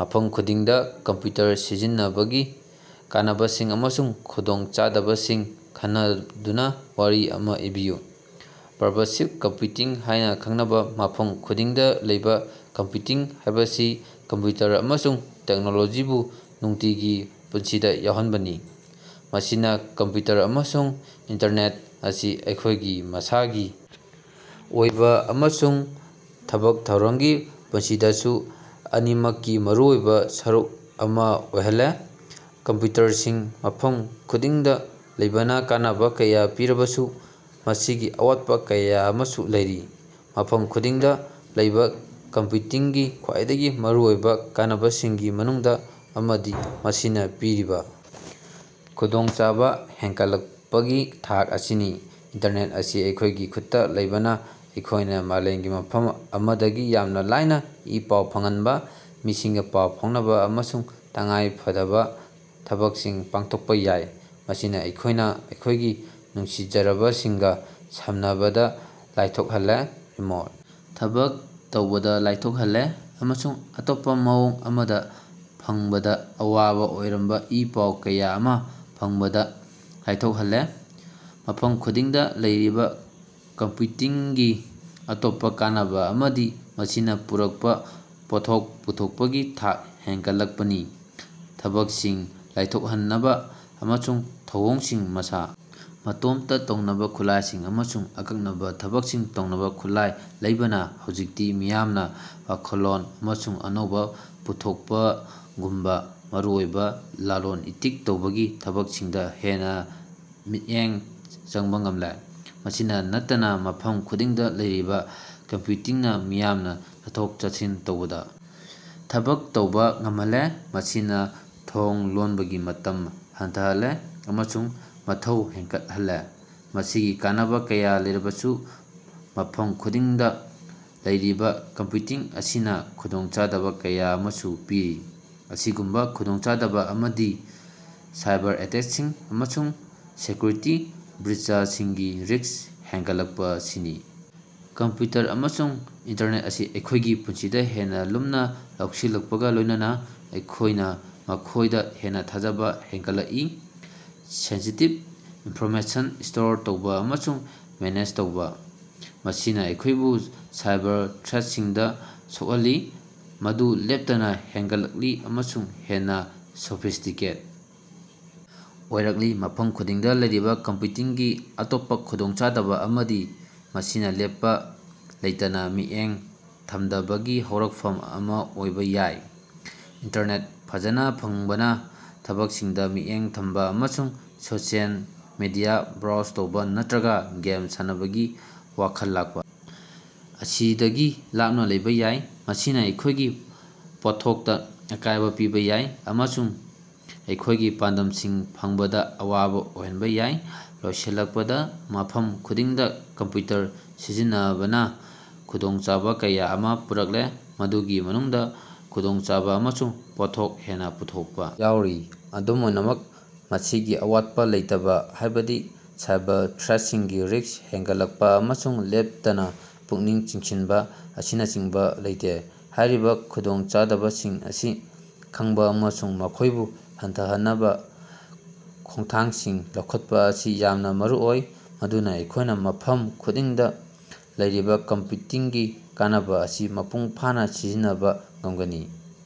ꯃꯐꯝ ꯈꯨꯗꯤꯡꯗ ꯀꯝꯄ꯭ꯌꯨꯇꯔ ꯁꯤꯖꯤꯟꯅꯕꯒꯤ ꯀꯥꯟꯅꯕꯁꯤꯡ ꯑꯃꯁꯨꯡ ꯈꯨꯗꯣꯡꯆꯥꯗꯕꯁꯤꯡ ꯈꯟꯅꯗꯨꯅ ꯋꯥꯔꯤ ꯑꯃ ꯏꯕꯤꯌꯨ꯫ ꯄꯔꯚꯥꯁꯤꯚ ꯀꯝꯄ꯭ꯌꯨꯇꯤꯡ ꯍꯥꯏꯅ ꯈꯪꯅꯕ ꯃꯐꯝ ꯈꯨꯗꯤꯡꯗ ꯂꯩꯕ ꯀꯝꯄ꯭ꯌꯨꯇꯤꯡ ꯍꯥꯏꯕꯁꯤ ꯀꯝꯄ꯭ꯌꯨꯇꯔ ꯑꯃꯁꯨꯡ ꯇꯦꯛꯅꯣꯂꯣꯖꯤꯕꯨ ꯅꯨꯡꯇꯤꯒꯤ ꯄꯨꯟꯁꯤꯗ ꯌꯥꯎꯍꯟꯕꯅꯤ꯫ ꯃꯁꯤꯅ ꯀꯝꯄ꯭ꯌꯨꯇꯔ ꯑꯃꯁꯨꯡ ꯏꯟꯇꯔꯅꯦꯠ ꯑꯁꯤ ꯑꯩꯈꯣꯏꯒꯤ ꯃꯁꯥꯒꯤ ꯑꯣꯏꯕ ꯑꯃꯁꯨꯡ ꯊꯕꯛ ꯊꯧꯔꯝꯒꯤ ꯄꯨꯟꯁꯤꯗꯁꯨ ꯑꯅꯤꯃꯛꯀꯤ ꯃꯔꯨꯑꯣꯏꯕ ꯁꯔꯨꯛ ꯑꯃ ꯑꯣꯏꯍꯜꯂꯦ꯫ ꯀꯝꯄ꯭ꯌꯨꯇꯔꯁꯤꯡ ꯃꯐꯝ ꯈꯨꯗꯤꯡꯗ ꯂꯩꯕꯅ ꯀꯥꯟꯅꯕ ꯀꯌꯥ ꯄꯤꯔꯕꯁꯨ ꯃꯁꯤꯒꯤ ꯑꯋꯥꯠꯄ ꯀꯌꯥ ꯑꯃꯁꯨ ꯂꯩꯔꯤ꯫ ꯃꯐꯝ ꯈꯨꯗꯤꯡꯗ ꯂꯩꯕ ꯀꯝꯄ꯭ꯌꯨꯇꯤꯡꯒꯤ ꯈ꯭ꯋꯥꯏꯗꯒꯤ ꯃꯔꯨꯑꯣꯏꯕ ꯀꯥꯟꯅꯕꯁꯤꯡꯒꯤ ꯃꯅꯨꯡꯗ ꯑꯃꯗꯤ ꯃꯁꯤꯅ ꯄꯤꯔꯤꯕ ꯈꯨꯗꯣꯡꯆꯥꯕ ꯍꯦꯟꯒꯠꯂꯛꯄꯒꯤ ꯊꯥꯛ ꯑꯁꯤꯅꯤ꯫ ꯏꯟꯇꯔꯅꯦꯠ ꯑꯁꯤ ꯑꯩꯈꯣꯏꯒꯤ ꯈꯨꯠꯇ ꯂꯩꯕꯅ ꯑꯩꯈꯣꯏꯅ ꯃꯥꯂꯦꯝꯒꯤ ꯃꯐꯝ ꯑꯃꯗꯒꯤ ꯌꯥꯝꯅ ꯂꯥꯏꯅ ꯏ-ꯄꯥꯎ ꯐꯪꯍꯟꯕ, ꯃꯤꯁꯤꯡꯒ ꯄꯥꯎ ꯐꯥꯎꯅꯕ ꯑꯃꯁꯨꯡ ꯇꯉꯥꯏ ꯐꯗꯕ ꯊꯕꯛꯁꯤꯡ ꯄꯥꯡꯊꯣꯛꯄ ꯌꯥꯏ꯫ ꯃꯁꯤꯅ ꯑꯩꯈꯣꯏꯅ ꯑꯩꯈꯣꯏꯒꯤ ꯅꯨꯡꯁꯤꯖꯔꯕꯁꯤꯡꯒ ꯁꯝꯅꯕꯗ ꯂꯥꯏꯊꯣꯛꯍꯜꯂꯦ, ꯔꯤꯃꯣꯠ ꯊꯕꯛ ꯇꯧꯕꯗ ꯂꯥꯏꯊꯣꯛꯍꯜꯂꯦ ꯑꯃꯁꯨꯡ ꯑꯇꯣꯞꯄ ꯃꯑꯣꯡ ꯑꯃꯗ ꯐꯪꯕꯗ ꯑꯋꯥꯕ ꯑꯣꯏꯔꯝꯕ ꯏ-ꯄꯥꯎ ꯀꯌꯥ ꯑꯃ ꯐꯪꯕꯗ ꯂꯥꯏꯊꯣꯛꯍꯜꯂꯦ꯫ ꯃꯐꯝ ꯈꯨꯗꯤꯡꯗ ꯂꯩꯔꯤꯕ ꯀꯝꯄ꯭ꯌꯨꯇꯤꯡꯒꯤ ꯑꯇꯣꯞꯄ ꯀꯥꯟꯅꯕ ꯑꯃꯗꯤ ꯃꯁꯤꯅ ꯄꯨꯔꯛꯄ ꯄꯣꯠꯊꯣꯛ ꯄꯨꯊꯣꯛꯄꯒꯤ ꯊꯥꯛ ꯍꯦꯟꯒꯠꯂꯛꯄꯅꯤ꯫ ꯊꯕꯛꯁꯤꯡ ꯂꯥꯏꯊꯣꯛꯍꯟꯅꯕ ꯑꯃꯁꯨꯡ ꯊꯧꯑꯣꯡꯁꯤꯡ ꯃꯁꯥ ꯃꯇꯣꯝꯇ ꯇꯧꯅꯕ ꯈꯨꯠꯂꯥꯏꯁꯤꯡ ꯑꯃꯁꯨꯡ ꯑꯀꯛꯅꯕ ꯊꯕꯛꯁꯤꯡ ꯇꯧꯅꯕ ꯈꯨꯠꯂꯥꯏ ꯂꯩꯕꯅ ꯍꯧꯖꯤꯛꯇꯤ ꯃꯤꯌꯥꯝꯅ ꯋꯥꯈꯜꯂꯣꯟ ꯑꯃꯁꯨꯡ ꯑꯅꯧꯕ ꯄꯨꯊꯣꯛꯄꯒꯨꯝꯕ ꯃꯔꯨꯑꯣꯏꯕ ꯂꯂꯣꯜ ꯏꯇꯤꯛ ꯇꯧꯕꯒꯤ ꯊꯕꯛꯁꯤꯡꯗ ꯍꯦꯟꯅ ꯃꯤꯠꯌꯦꯡ ꯆꯪꯕ ꯉꯝꯂꯦ꯫ ꯃꯁꯤꯅ ꯅꯠꯇꯅ ꯃꯐꯝ ꯈꯨꯗꯤꯡꯗ ꯂꯩꯔꯤꯕ ꯀꯝꯄ꯭ꯌꯨꯇꯤꯡꯅ ꯃꯤꯌꯥꯝꯅ ꯆꯠꯊꯣꯛ-ꯆꯠꯁꯤꯟ ꯇꯧꯕꯗ ꯊꯕꯛ ꯇꯧꯕ ꯉꯝꯍꯜꯂꯦ, ꯃꯁꯤꯅ ꯊꯣꯡ ꯂꯣꯟꯕꯒꯤ ꯃꯇꯝ ꯍꯟꯊꯍꯜꯂꯦ ꯑꯃꯁꯨꯡ ꯃꯊꯧ ꯍꯦꯟꯒꯠꯍꯜꯂꯦ꯫ ꯃꯁꯤꯒꯤ ꯀꯥꯟꯅꯕ ꯀꯌꯥ ꯂꯩꯔꯕꯁꯨ, ꯃꯐꯝ ꯈꯨꯗꯤꯡꯗ ꯂꯩꯔꯤꯕ ꯀꯝꯄ꯭ꯌꯨꯇꯤꯡ ꯑꯁꯤꯅ ꯈꯨꯗꯣꯡꯆꯥꯗꯕ ꯀꯌꯥ ꯑꯃꯁꯨ ꯄꯤꯔꯤ꯫ ꯑꯁꯤꯒꯨꯝꯕ ꯈꯨꯗꯣꯡꯆꯥꯗꯕ ꯑꯃꯗꯤ ꯁꯥꯏꯕꯔ-ꯑꯦꯇꯦꯛꯁꯤꯡ ꯑꯃꯁꯨꯡ ꯁꯦꯀ꯭ꯌꯨꯔꯤꯇꯤ ꯕ꯭ꯔꯤꯆꯁꯤꯡꯒꯤ ꯔꯤꯛꯁ ꯍꯦꯟꯒꯠꯂꯛꯄꯁꯤꯅꯤ꯫ ꯀꯝꯄ꯭ꯌꯨꯇꯔ ꯑꯃꯁꯨꯡ ꯏꯟꯇꯔꯅꯦꯠ ꯑꯁꯤ ꯑꯩꯈꯣꯏꯒꯤ ꯄꯨꯟꯁꯤꯗ ꯍꯦꯟꯅ ꯂꯨꯝꯅ ꯂꯧꯁꯤꯜꯂꯛꯄꯒ ꯂꯣꯏꯅꯅ, ꯑꯩꯈꯣꯏꯅ ꯃꯈꯣꯏꯗ ꯍꯦꯟꯅ ꯊꯥꯖꯕ ꯍꯦꯟꯒꯠꯂꯛꯏ, ꯁꯦꯟꯁꯤꯇꯤꯚ ꯏꯟꯐꯣꯔꯃꯦꯁꯟ ꯁ꯭ꯇꯣꯔ ꯇꯧꯕ ꯑꯃꯁꯨꯡ ꯃꯦꯅꯦꯖ ꯇꯧꯕ꯫ ꯃꯁꯤꯅ ꯑꯩꯈꯣꯏꯕꯨ ꯁꯥꯏꯕꯔ ꯊ꯭ꯔꯦꯠꯁꯤꯡꯗ ꯁꯣꯛꯍꯜꯂꯤ, ꯃꯗꯨ ꯂꯦꯞꯇꯅ ꯍꯦꯟꯒꯠꯂꯛꯂꯤ ꯑꯃꯁꯨꯡ ꯍꯦꯟꯅ ꯁꯣꯐꯤꯁꯇꯤꯀꯦꯠ ꯑꯣꯏꯔꯛꯂꯤ꯫ ꯃꯐꯝ ꯈꯨꯗꯤꯡꯗ ꯂꯩꯔꯤꯕ ꯀꯝꯄ꯭ꯌꯨꯇꯤꯡꯒꯤ ꯑꯇꯣꯞꯄ ꯈꯨꯗꯣꯡꯆꯥꯗꯕ ꯑꯃꯗꯤ ꯃꯁꯤꯅ ꯂꯦꯞꯄ ꯂꯩꯇꯅ ꯃꯤꯠꯌꯦꯡ ꯊꯝꯗꯕꯒꯤ ꯍꯧꯔꯛꯐꯝ ꯑꯃ ꯑꯣꯏꯕ ꯌꯥꯏ꯫ ꯏꯟꯇꯔꯅꯦꯠ ꯐꯖꯅ ꯐꯪꯕꯅ ꯊꯕꯛꯁꯤꯡꯗ ꯃꯤꯠꯌꯦꯡ ꯊꯝꯕ ꯑꯃꯁꯨꯡ ꯁꯣꯁꯤꯌꯦꯜ ꯃꯤꯗꯤꯌꯥ ꯕ꯭ꯔꯥꯎꯖ ꯇꯧꯕ ꯅꯠꯇ꯭ꯔꯒ ꯒꯦꯝ ꯁꯥꯟꯅꯕꯒꯤ ꯋꯥꯈꯜ ꯂꯥꯛꯄ ꯑꯁꯤꯗꯒꯤ ꯂꯥꯞꯅ ꯂꯩꯕ ꯌꯥꯏ꯫ ꯃꯁꯤꯅ ꯑꯩꯈꯣꯏꯒꯤ ꯄꯣꯠꯊꯣꯛꯇ ꯑꯀꯥꯏꯕ ꯄꯤꯕ ꯌꯥꯏ, ꯑꯃꯁꯨꯡ ꯑꯩꯈꯣꯏꯒꯤ ꯄꯥꯟꯗꯝꯁꯤꯡ ꯐꯪꯕꯗ ꯑꯋꯥꯕ ꯑꯣꯏꯍꯟꯕ ꯌꯥꯏ꯫ ꯂꯣꯏꯁꯤꯜꯂꯛꯄꯗ, ꯃꯐꯝ ꯈꯨꯗꯤꯡꯗ ꯀꯝꯄ꯭ꯌꯨꯇꯔ ꯁꯤꯖꯤꯟꯅꯕꯅ ꯈꯨꯗꯣꯡꯆꯥꯕ ꯀꯌꯥ ꯑꯃ ꯄꯨꯔꯛꯂꯦ, ꯃꯗꯨꯒꯤ ꯃꯅꯨꯡꯗ ꯈꯨꯗꯣꯡꯆꯥꯕ ꯑꯃꯁꯨꯡ ꯄꯣꯠꯊꯣꯛ ꯍꯦꯟꯅ ꯄꯨꯊꯣꯛꯄ ꯌꯥꯎꯔꯤ꯫ ꯑꯗꯨꯝ ꯑꯣꯏꯅꯃꯛ, ꯃꯁꯤꯒꯤ ꯑꯋꯥꯠꯄ ꯂꯩꯇꯕ, ꯍꯥꯏꯕꯗꯤ ꯁꯥꯏꯕꯔ ꯊ꯭ꯔꯦꯠꯁꯤꯡꯒꯤ ꯔꯤꯛꯁ ꯍꯦꯟꯒꯠꯂꯛꯄ ꯑꯃꯁꯨꯡ ꯂꯦꯞꯇꯅ ꯄꯨꯛꯅꯤꯡ ꯆꯤꯡꯁꯤꯟꯕ ꯑꯁꯤꯅꯆꯤꯡꯕ ꯂꯩꯇꯦ꯫ ꯍꯥꯏꯔꯤꯕ ꯈꯨꯗꯣꯡꯆꯥꯗꯕꯁꯤꯡ ꯑꯁꯤ ꯈꯪꯕ ꯑꯃꯁꯨꯡ ꯃꯈꯣꯏꯕꯨ ꯍꯟꯊꯍꯟꯅꯕ ꯈꯣꯡꯊꯥꯡꯁꯤꯡ ꯂꯧꯈꯠꯄ ꯑꯁꯤ ꯌꯥꯝꯅ ꯃꯔꯨꯑꯣꯏ, ꯃꯗꯨꯅ ꯑꯩꯈꯣꯏꯅ ꯃꯐꯝ ꯈꯨꯗꯤꯡꯗ ꯂꯩꯔꯤꯕ ꯀꯝꯄ꯭ꯌꯨꯇꯤꯡꯒꯤ ꯀꯥꯟꯅꯕ ꯑꯁꯤ ꯃꯄꯨꯡ ꯐꯥꯅ ꯁꯤꯖꯤꯟꯅꯕ ꯉꯝꯒꯅꯤ꯫